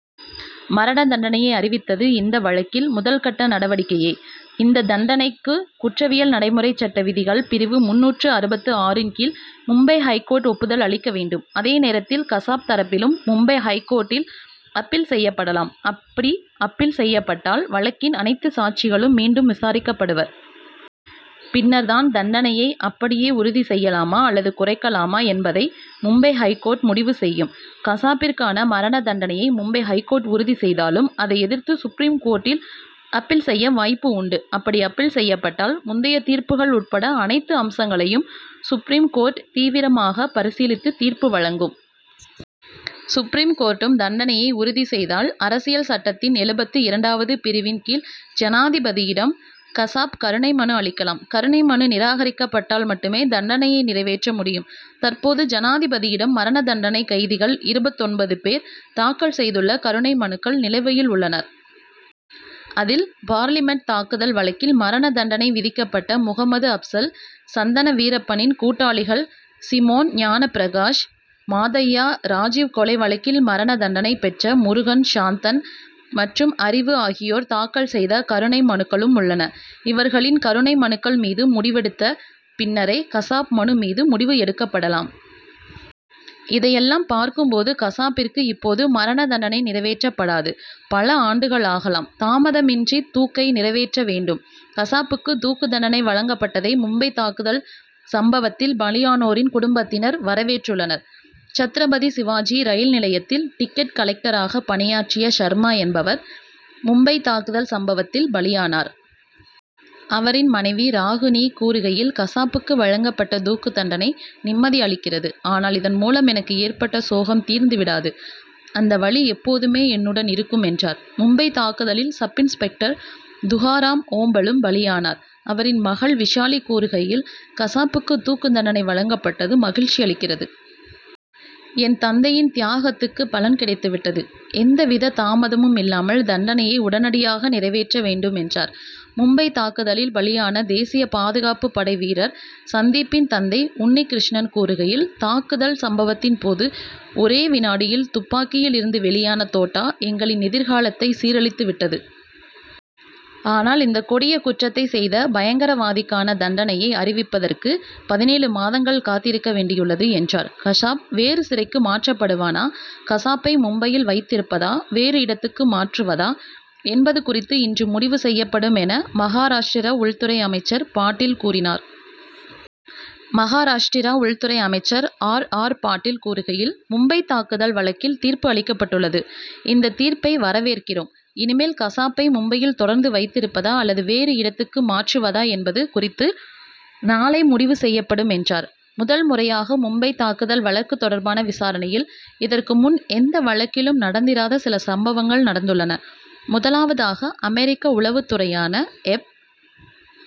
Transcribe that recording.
மரண தண்டனையை அறிவித்தது இந்த வழக்கில் முதல் கட்ட நடவடிக்கையே. இந்த தண்டனைக்கு குற்றவியல் நடைமுறை சட்ட விதிகள் பிரிவு முந்நூற்று அறுபத்து ஆறின் கீழ் மும்பை ஐகோர்ட் ஒப்புதல் அளிக்க வேண்டும். அதே நேரத்தில் கசாப் தரப்பிலும் மும்பை ஐகோர்ட்டில் அப்பீல் செய்யப்படலாம். அப்படி அப்பீல் செய்யப்பட்டால் வழக்கின் அனைத்து சாட்சிகளும் மீண்டும் விசாரிக்கப்படுவர். பின்னர் தான் தண்டனையை அப்படியே உறுதி செய்யலாமா அல்லது குறைக்கலாமா என்பதை மும்பை ஐகோர்ட் முடிவு செய்யும். கசாப்பிற்கான மரண தண்டனையை மும்பை ஐகோர்ட் உறுதி செய்தாலும் அதை எதிர்த்து சுப்ரீம் கோர்ட்டில் அப்பீல் செய்ய வாய்ப்பு உண்டு. அப்படி அப்பீல் செய்யப்பட்டால் முந்தைய தீர்ப்புகள் உட்பட அனைத்து அம்சங்களையும் சுப்ரீம் கோர்ட் தீவிரமாக பரிசீலித்து தீர்ப்பு வழங்கும். சுப்ரீம் கோர்ட்டும் தண்டனையை உறுதி செய்தால் அரசியல் சட்டத்தின் எழுபத்து இரண்டாவது பிரிவின் கீழ் ஜனாதிபதியிடம் கசாப் கருணை மனு அளிக்கலாம். கருணை மனு நிராகரிக்கப்பட்டால் மட்டுமே தண்டனையை நிறைவேற்ற முடியும். தற்போது ஜனாதிபதியிடம் மரண தண்டனை கைதிகள் இருபத்தொன்பது பேர் தாக்கல் செய்துள்ள கருணை மனுக்கள் நிலுவையில் உள்ளன. அதில் பார்லிமென்ட் தாக்குதல் வழக்கில் மரண தண்டனை விதிக்கப்பட்ட முகமது அப்சல் சந்தன வீரப்பனின் கூட்டாளிகள் சிமோன் ஞானபிரகாஷ் மாதய்யா ராஜிவ் கொலை வழக்கில் மரண தண்டனை பெற்ற முருகன் சாந்தன் மற்றும் அறிவு ஆகியோர் தாக்கல் செய்த கருணை மனுக்களும் உள்ளன. இவர்களின் கருணை மனுக்கள் மீது முடிவெடுத்த பின்னரே கசாப் மனு மீது முடிவு எடுக்கப்படலாம். இதையெல்லாம் பார்க்கும் போது கசாப்பிற்கு இப்போது மரண தண்டனை நிறைவேற்றப்படாது. பல ஆண்டுகளாகலாம். தாமதமின்றி தூக்கை நிறைவேற்ற வேண்டும் கசாபுக்கு தூக்கு தண்டனை வழங்கப்பட்டதை மும்பை தாக்குதல் சம்பவத்தில் பலியானோரின் குடும்பத்தினர் வரவேற்றுள்ளனர். சத்ரபதி சிவாஜி ரயில் நிலையத்தில் டிக்கெட் கலெக்டராக பணியாற்றிய சர்மா என்பவர் மும்பை தாக்குதல் சம்பவத்தில் பலியானார். அவரின் மனைவி ராகினி கூறுகையில் கசாபுக்கு வழங்கப்பட்ட தூக்கு தண்டனை நிம்மதி அளிக்கிறது. ஆனால் இதன்மூலம் எனக்கு ஏற்பட்ட சோகம் தீர்ந்து விடாது. அந்த வலி எப்போதுமே என்னுடன் இருக்கும் என்றார். மும்பை தாக்குதலில் சப் இன்ஸ்பெக்டர் துகாராம் ஓம்பலும் பலியானார். அவரின் மகள் விசாலி கூறுகையில் கசாபுக்கு தூக்கு தண்டனை வழங்கப்பட்டது மகிழ்ச்சி அளிக்கிறது. என் தந்தையின் தியாகத்துக்கு பலன் கிடைத்து விட்டது. எந்தவித தாமதமும் இல்லாமல் தண்டனையை உடனடியாக நிறைவேற்ற வேண்டும் என்றார். மும்பை தாக்குதலில் பலியான தேசிய பாதுகாப்பு படை வீரர் சந்தீப்பின் தந்தை உன்னி கிருஷ்ணன் கூறுகையில் தாக்குதல் சம்பவத்தின்போது ஒரே விநாடியில் துப்பாக்கியில் இருந்து வெளியான தோட்டா எங்களின் எதிர்காலத்தை சீரழித்து விட்டது. ஆனால் இந்த கொடிய குற்றத்தை செய்த பயங்கரவாதிக்கான தண்டனையை அறிவிப்பதற்கு பதினேழு மாதங்கள் காத்திருக்க வேண்டியுள்ளது என்றார். கசாப் வேறு சிறைக்கு மாற்றப்படுவானா கசாப்பை மும்பையில் வைத்திருப்பதா வேறு இடத்துக்கு மாற்றுவதா என்பது குறித்து இன்று முடிவு செய்யப்படும் என மகாராஷ்டிர உள்துறை அமைச்சர் பாட்டீல் கூறினார். மகாராஷ்டிரா உள்துறை அமைச்சர் ஆர். ஆர். பாட்டீல் கூறுகையில் மும்பைத் தாக்குதல் வழக்கில் தீர்ப்பு அளிக்கப்பட்டுள்ளது. இந்த தீர்ப்பை வரவேற்கிறோம். இனிமேல் கசாப்பை மும்பையில் தொடர்ந்து வைத்திருப்பதா அல்லது வேறு இடத்துக்கு மாற்றுவதா என்பது குறித்து நாளை முடிவு செய்யப்படும் என்றார். முதல் முறையாகமும்பைத் தாக்குதல் வழக்கு தொடர்பான விசாரணையில் இதற்குமுன் எந்த வழக்கிலும் நடந்திராத சில சம்பவங்கள் நடந்துள்ளன. முதலாவதாக அமெரிக்க உளவுத் துறையான எப்.